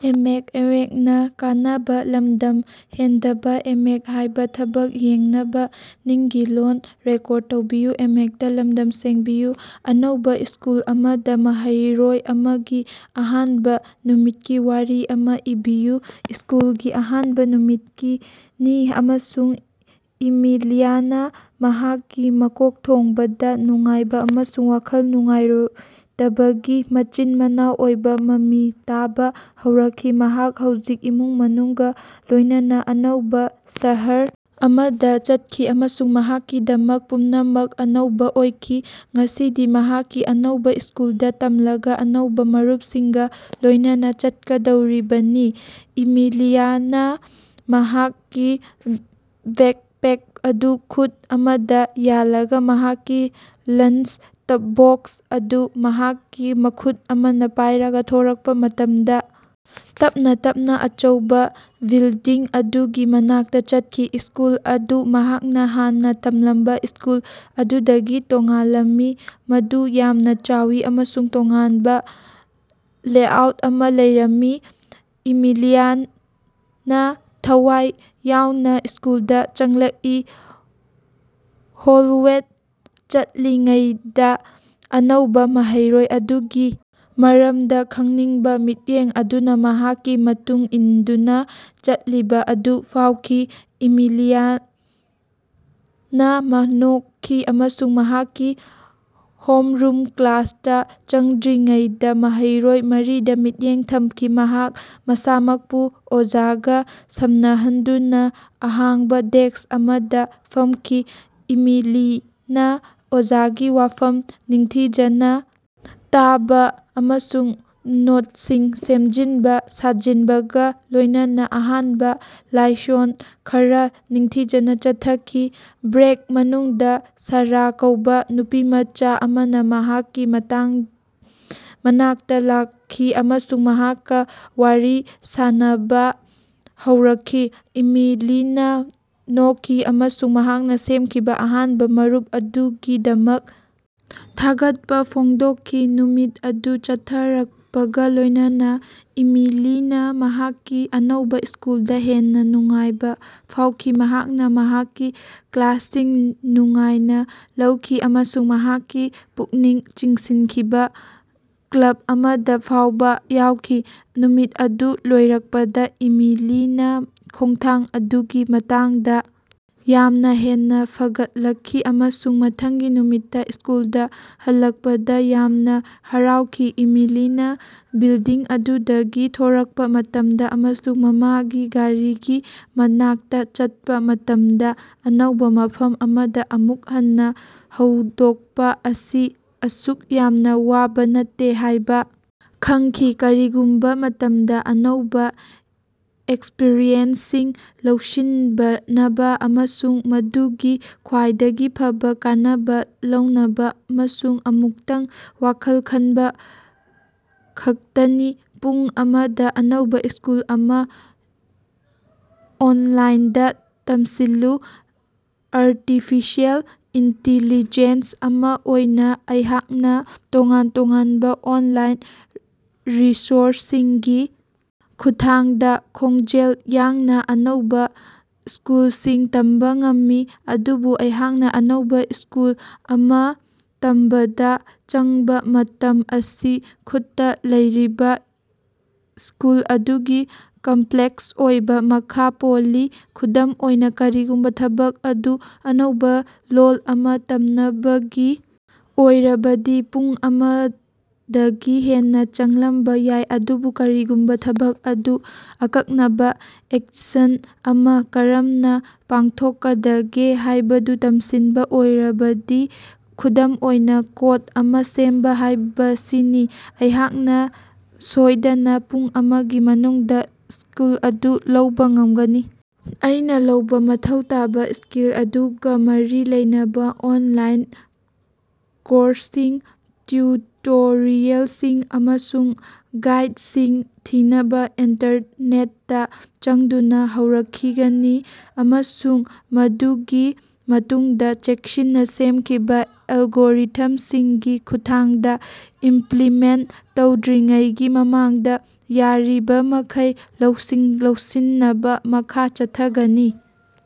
ꯑꯅꯧꯕꯥ ꯁ꯭ꯀꯨꯜ ꯑꯃꯗꯥ ꯃꯍꯩꯔꯣꯏ ꯑꯃꯒꯤ ꯑꯍꯥꯟꯕꯥ ꯅꯨꯃꯤꯠꯀꯤ ꯋꯥꯔꯤ ꯑꯃꯥ ꯏꯕꯤꯌꯨ꯫ ꯁ꯭ꯀꯨꯜꯒꯤ ꯑꯍꯥꯟꯕꯥ ꯅꯨꯃꯤꯠꯅꯤ ꯑꯃꯁꯨꯡ ꯏꯃꯤꯂꯤꯌꯥꯅꯥ ꯃꯍꯥꯛꯀꯤ ꯃꯀꯣꯛꯊꯣꯡꯕꯗꯥ ꯅꯨꯡꯉꯥꯏꯕꯥ ꯑꯃꯁꯨꯡ ꯋꯥꯈꯜ ꯅꯨꯡꯉꯥꯏꯇꯕꯒꯤ ꯃꯆꯤꯟ-ꯃꯅꯥꯎ ꯑꯣꯏꯕꯥ ꯃꯃꯤ ꯇꯥꯕꯥ ꯍꯧꯔꯛꯈꯤ꯫ ꯃꯍꯥꯛ ꯍꯧꯖꯤꯛ ꯏꯃꯨꯡ ꯃꯅꯨꯡꯒꯥ ꯂꯣꯏꯅꯅꯥ ꯑꯅꯧꯕꯥ ꯁꯍꯔ ꯑꯃꯗꯥ ꯆꯠꯈꯤ ꯑꯃꯁꯨꯡ ꯃꯍꯥꯛꯀꯤꯗꯃꯛ ꯄꯨꯝꯅꯃꯛ ꯑꯅꯧꯕꯥ ꯑꯣꯏꯈꯤ꯫ ꯉꯁꯤꯗꯤ ꯃꯍꯥꯛꯀꯤ ꯑꯅꯧꯕꯥ ꯁ꯭ꯀꯨꯜꯗꯥ ꯇꯝꯂꯒꯥ ꯑꯅꯧꯕꯥ ꯃꯔꯨꯞꯁꯤꯡꯒꯥ ꯂꯣꯏꯅꯅꯥ ꯆꯠꯀꯗꯧꯔꯤꯕꯅꯤ꯫ ꯏꯃꯤꯂꯤꯅꯥ ꯃꯍꯥꯛꯀꯤ ꯕꯦꯛꯄꯦꯛ ꯑꯗꯨ ꯈꯨꯠ ꯑꯃꯗꯥ ꯌꯥꯜꯂꯒꯥ ꯃꯍꯥꯛꯀꯤ ꯂꯟꯆ ꯕꯣꯛꯁ ꯑꯗꯨ ꯃꯍꯥꯛꯀꯤ ꯃꯈꯨꯠ ꯑꯃꯅꯥ ꯄꯥꯏꯔꯒ ꯊꯣꯔꯛꯄꯥ ꯃꯇꯝꯗꯥ ꯇꯞꯅꯥ ꯇꯞꯅꯥ ꯑꯆꯧꯕꯥ ꯕꯤꯜꯗꯤꯡ ꯑꯗꯨꯒꯤ ꯃꯅꯥꯛꯇꯥ ꯆꯠꯈꯤ꯫ ꯁ꯭ꯀꯨꯜ ꯑꯗꯨ ꯃꯍꯥꯛꯅꯥ ꯍꯥꯟꯅꯥ ꯇꯝꯂꯝꯕꯥ ꯁ꯭ꯀꯨꯜ ꯑꯗꯨꯗꯒꯤ ꯇꯣꯉꯥꯜꯂꯝꯃꯤ, ꯃꯗꯨ ꯌꯥꯝꯅꯥ ꯆꯥꯎꯏ ꯑꯃꯁꯨꯡ ꯇꯣꯉꯥꯟꯕꯥ ꯂꯦꯑꯥꯎꯠ ꯑꯃꯥ ꯂꯩꯔꯝꯃꯤ꯫ ꯏꯃꯤꯂꯤꯌꯥꯅꯥ ꯊꯋꯥꯏ ꯌꯥꯎꯅꯥ ꯁ꯭ꯀꯨꯜꯗꯥ ꯆꯪꯂꯛꯏ꯫ ꯍꯣꯜꯋꯦꯗ ꯆꯠꯂꯤꯉꯩꯗꯥ ꯑꯅꯧꯕꯥ ꯃꯍꯩꯔꯣꯏ ꯑꯗꯨꯒꯤ ꯃꯔꯝꯗꯥ ꯈꯪꯅꯤꯡꯕꯥ ꯃꯤꯠꯌꯦꯡ ꯑꯗꯨꯅꯥ ꯃꯍꯥꯛꯀꯤ ꯃꯇꯨꯡ ꯏꯟꯗꯨꯅꯥ ꯆꯠꯂꯤꯕꯥ ꯑꯗꯨ ꯐꯥꯎꯈꯤ꯫ ꯏꯃꯤꯂꯤꯌꯥꯅꯥ ꯃꯅꯣꯛꯈꯤ ꯑꯃꯁꯨꯡ ꯃꯍꯥꯛꯀꯤ ꯍꯣꯝꯔꯨꯝ ꯀ꯭ꯂꯥꯁꯇꯥ ꯆꯪꯗ꯭ꯔꯤꯉꯩꯗꯥ ꯃꯍꯩꯔꯣꯏ ꯃꯔꯤꯗꯥ ꯃꯤꯠꯌꯦꯡ ꯊꯝꯈꯤ꯫ ꯃꯍꯥꯛ ꯃꯁꯥꯃꯛꯄꯨ ꯑꯣꯖꯥꯒꯥ ꯁꯝꯅꯍꯟꯗꯨꯅꯥ ꯑꯍꯥꯡꯕꯥ ꯗꯦꯛꯁ ꯑꯃꯗꯥ ꯐꯝꯈꯤ꯫ ꯏꯃꯤꯂꯤꯅꯥ ꯑꯣꯖꯥꯒꯤ ꯋꯥꯐꯝ ꯅꯤꯡꯊꯤꯖꯅꯥ ꯇꯥꯕꯥ ꯑꯃꯁꯨꯡ ꯅꯣꯠꯁꯤꯡ ꯁꯦꯝꯖꯤꯟꯕ ꯁꯥꯖꯤꯟꯕꯒꯥ ꯂꯣꯏꯅꯅꯥ ꯑꯍꯥꯟꯕꯥ ꯂꯥꯏꯁꯣꯟ ꯈꯔꯥ ꯅꯤꯡꯊꯤꯖꯅꯥ ꯆꯠꯊꯈꯤ꯫ ꯕ꯭ꯔꯦꯛ ꯃꯅꯨꯡꯗꯥ ꯁꯥꯔꯥ ꯀꯧꯕꯥ ꯅꯨꯄꯤꯃꯆꯥ ꯑꯃꯅꯥ ꯃꯍꯥꯛꯀꯤ ꯃꯇꯥꯡ ꯃꯅꯥꯛꯇꯥ ꯂꯥꯛꯈꯤ ꯑꯃꯁꯨꯡ ꯃꯍꯥꯛꯀꯥ ꯋꯥꯔꯤ ꯁꯥꯅꯕꯥ ꯍꯧꯔꯛꯈꯤ꯫ ꯏꯃꯤꯂꯤꯅꯥ ꯅꯣꯛꯈꯤ ꯑꯃꯁꯨꯡ ꯃꯍꯥꯛꯅꯥ ꯁꯦꯝꯈꯤꯕꯥ ꯑꯍꯥꯟꯕꯥ ꯃꯔꯨꯞ ꯑꯗꯨꯒꯤꯗꯃꯛ ꯊꯥꯒꯠꯄꯥ ꯐꯣꯡꯗꯣꯛꯈꯤ꯫ ꯅꯨꯃꯤꯠ ꯑꯗꯨ ꯆꯠꯊꯔꯛꯄꯒꯥ ꯂꯣꯏꯅꯅꯥ ꯏꯃꯤꯂꯤꯅꯥ ꯃꯍꯥꯛꯀꯤ ꯑꯅꯧꯕꯥ ꯁ꯭ꯀꯨꯜꯗꯥ ꯍꯦꯟꯅꯥ ꯅꯨꯡꯉꯥꯏꯕꯥ ꯐꯥꯎꯈꯤ꯫ ꯃꯍꯥꯛꯅꯥ ꯃꯍꯥꯛꯀꯤ ꯀ꯭ꯂꯥꯁꯁꯤꯡ ꯅꯨꯡꯉꯥꯏꯅꯥ ꯂꯧꯈꯤ ꯑꯃꯁꯨꯡ ꯃꯍꯥꯛꯀꯤ ꯄꯨꯛꯅꯤꯡ ꯆꯤꯡꯁꯤꯟꯈꯤꯕꯥ ꯀ꯭ꯂꯞ ꯑꯃꯗꯥ ꯐꯥꯎꯕꯥ ꯌꯥꯎꯈꯤ꯫ ꯅꯨꯃꯤꯠ ꯑꯗꯨ ꯂꯣꯏꯔꯛꯄꯗꯥ ꯏꯃꯤꯂꯤꯅꯥ ꯈꯣꯡꯊꯥꯡ ꯑꯗꯨꯒꯤ ꯃꯇꯥꯡꯗꯥ ꯌꯥꯝꯅꯥ ꯍꯦꯟꯅꯥ ꯐꯒꯠꯂꯛꯈꯤ ꯑꯃꯁꯨꯡ ꯃꯊꯪꯒꯤ ꯅꯨꯃꯤꯠꯇꯥ ꯁ꯭ꯀꯨꯜꯗꯥ ꯍꯜꯂꯛꯄꯗꯥ ꯌꯥꯝꯅꯥ ꯍꯔꯥꯎꯈꯤ꯫ ꯏꯃꯤꯂꯤꯅꯥ ꯕꯤꯜꯗꯤꯡ ꯑꯗꯨꯗꯒꯤ ꯊꯣꯔꯛꯄꯥ ꯃꯇꯝꯗꯥ ꯑꯃꯁꯨꯡ ꯃꯃꯥꯒꯤ ꯒꯥꯔꯤꯒꯤ ꯃꯅꯥꯛꯇꯥ ꯆꯠꯄꯥ ꯃꯇꯝꯗꯥ, ꯑꯅꯧꯕꯥ ꯃꯐꯝ ꯑꯃꯗꯥ ꯑꯃꯨꯛ ꯍꯟꯅꯥ ꯍꯧꯗꯣꯛꯄꯥ ꯑꯁꯤ ꯑꯁꯨꯛ ꯌꯥꯝꯅꯥ ꯋꯥꯕꯥ ꯅꯠꯇꯦ ꯍꯥꯏꯕꯥ ꯈꯪꯈꯤ꯫ ꯀꯔꯤꯒꯨꯝꯕꯥ ꯃꯇꯝꯗꯥ, ꯑꯅꯧꯕꯥ ꯑꯦꯛꯁꯄ꯭ꯔꯤꯌꯦꯟꯁꯁꯤꯡ ꯂꯧꯁꯤꯟꯕꯅꯕꯥ ꯑꯃꯁꯨꯡ ꯃꯗꯨꯒꯤ ꯈ꯭ꯋꯥꯏꯗꯒꯤ ꯐꯕꯥ ꯀꯥꯟꯅꯕꯥ ꯂꯧꯅꯕꯥ ꯑꯃꯁꯨꯡ ꯑꯃꯨꯛꯇꯪ ꯋꯥꯈꯜ ꯈꯟꯕꯥ ꯈꯛꯇꯅꯤ꯫ ꯄꯨꯡ ꯑꯃꯗꯥ ꯑꯅꯧꯕꯥ ꯁ꯭ꯀꯤꯜ ꯑꯃꯥ ꯑꯣꯟꯂꯥꯏꯟꯗꯥ ꯇꯝꯁꯤꯜꯂꯨ꯫ ꯑꯔꯇꯤꯐꯤꯁꯦꯜ ꯏꯟꯇꯤꯂꯤꯖꯦꯟꯁ ꯑꯃꯥ ꯑꯣꯏꯅꯥ ꯑꯩꯍꯥꯛꯅꯥ ꯇꯣꯉꯥꯟ ꯇꯣꯉꯥꯟꯕꯥ ꯑꯣꯟꯂꯥꯏꯟ ꯔꯤꯁꯣꯔꯁꯁꯤꯡꯒꯤ ꯈꯨꯠꯊꯥꯡꯗꯥ ꯈꯣꯡꯖꯦꯜ ꯌꯥꯡꯅꯥ ꯑꯅꯧꯕꯥ ꯁ꯭ꯀꯤꯜꯁꯤꯡ ꯇꯝꯕꯥ ꯉꯝꯃꯤ꯫ ꯑꯗꯨꯕꯨ ꯑꯩꯍꯥꯛꯅꯥ ꯑꯅꯧꯕꯥ ꯁ꯭ꯀꯤꯜ ꯑꯃꯥ ꯇꯝꯕꯗꯥ ꯆꯪꯕꯥ ꯃꯇꯝ ꯑꯁꯤ ꯈꯨꯠꯇꯥ ꯂꯩꯔꯤꯕꯥ ꯁ꯭ꯀꯤꯜ ꯑꯗꯨꯒꯤ ꯀꯝꯄ꯭ꯂꯦꯛꯁ ꯑꯣꯏꯕ ꯃꯈꯥ ꯄꯣꯜꯂꯤ꯫ ꯈꯨꯗꯝ ꯑꯣꯏꯅꯥ, ꯀꯔꯤꯒꯨꯝꯕꯥ ꯊꯕꯛ ꯑꯗꯨ ꯑꯅꯧꯕꯥ ꯂꯣꯜ ꯑꯃꯥ ꯇꯝꯅꯕꯒꯤ ꯑꯣꯏꯔꯕꯗꯤ ꯄꯨꯡ ꯑꯃꯗꯒꯤ ꯍꯦꯟꯅꯥ ꯆꯪꯂꯝꯕꯥ ꯌꯥꯏ꯫ ꯑꯗꯨꯕꯨ ꯀꯔꯤꯒꯨꯝꯕꯥ ꯊꯕꯛ ꯑꯗꯨ ꯑꯀꯛꯅꯕꯥ ꯑꯦꯛꯁꯟ ꯑꯃꯥ ꯀꯔꯝꯅꯥ ꯄꯥꯡꯊꯣꯛꯀꯗꯒꯦ ꯍꯥꯏꯕꯗꯨ ꯇꯝꯁꯤꯟꯕꯥ ꯑꯣꯏꯔꯕꯗꯤ, ꯈꯨꯗꯝ ꯑꯣꯏꯅꯥ ꯀꯣꯠ ꯑꯃꯥ ꯁꯦꯝꯕꯥ ꯍꯥꯏꯕꯁꯤꯅꯤ, ꯑꯩꯍꯥꯛꯅꯥ ꯁꯣꯏꯗꯅꯥ ꯄꯨꯡ ꯑꯃꯒꯤ ꯃꯅꯨꯡꯗꯥ ꯁ꯭ꯀꯤꯜ ꯑꯗꯨ ꯂꯧꯕꯥ ꯉꯝꯒꯅꯤ꯫ ꯑꯩꯅꯥ ꯂꯧꯕꯥ ꯃꯊꯧ ꯇꯥꯕꯥ ꯁ꯭ꯀꯤꯜ ꯑꯗꯨꯒꯥ ꯃꯔꯤ ꯂꯩꯅꯕꯥ ꯑꯣꯟꯂꯥꯏꯟ ꯀꯣꯔꯁꯁꯤꯡ, ꯇ꯭ꯌꯨꯇꯣꯔꯤꯌꯦꯜꯁꯤꯡ ꯑꯃꯁꯨꯡ ꯒꯥꯏꯠꯁꯤꯡ ꯊꯤꯅꯕꯥ ꯏꯟꯇꯔꯅꯦꯠꯇꯥ ꯆꯪꯗꯨꯅꯥ ꯍꯧꯔꯛꯈꯤꯒꯅꯤ ꯑꯃꯁꯨꯡ ꯃꯗꯨꯒꯤ ꯃꯇꯨꯡꯗꯥ ꯆꯦꯛꯁꯤꯟꯅꯥ ꯁꯦꯝꯈꯤꯕꯥ ꯑꯦꯜꯒꯣꯔꯤꯊꯝꯁꯤꯡꯒꯤ ꯈꯨꯠꯊꯥꯡꯗꯥ ꯏꯝꯄ꯭ꯂꯤꯃꯦꯟꯇ ꯇꯧꯗ꯭ꯔꯤꯉꯩꯒꯤ ꯃꯃꯥꯡꯗꯥ ꯌꯥꯔꯤꯕꯃꯈꯩ ꯂꯧꯁꯤꯡ ꯂꯧꯁꯤꯟꯅꯕꯥ ꯃꯈꯥ ꯆꯠꯊꯒꯅꯤ꯫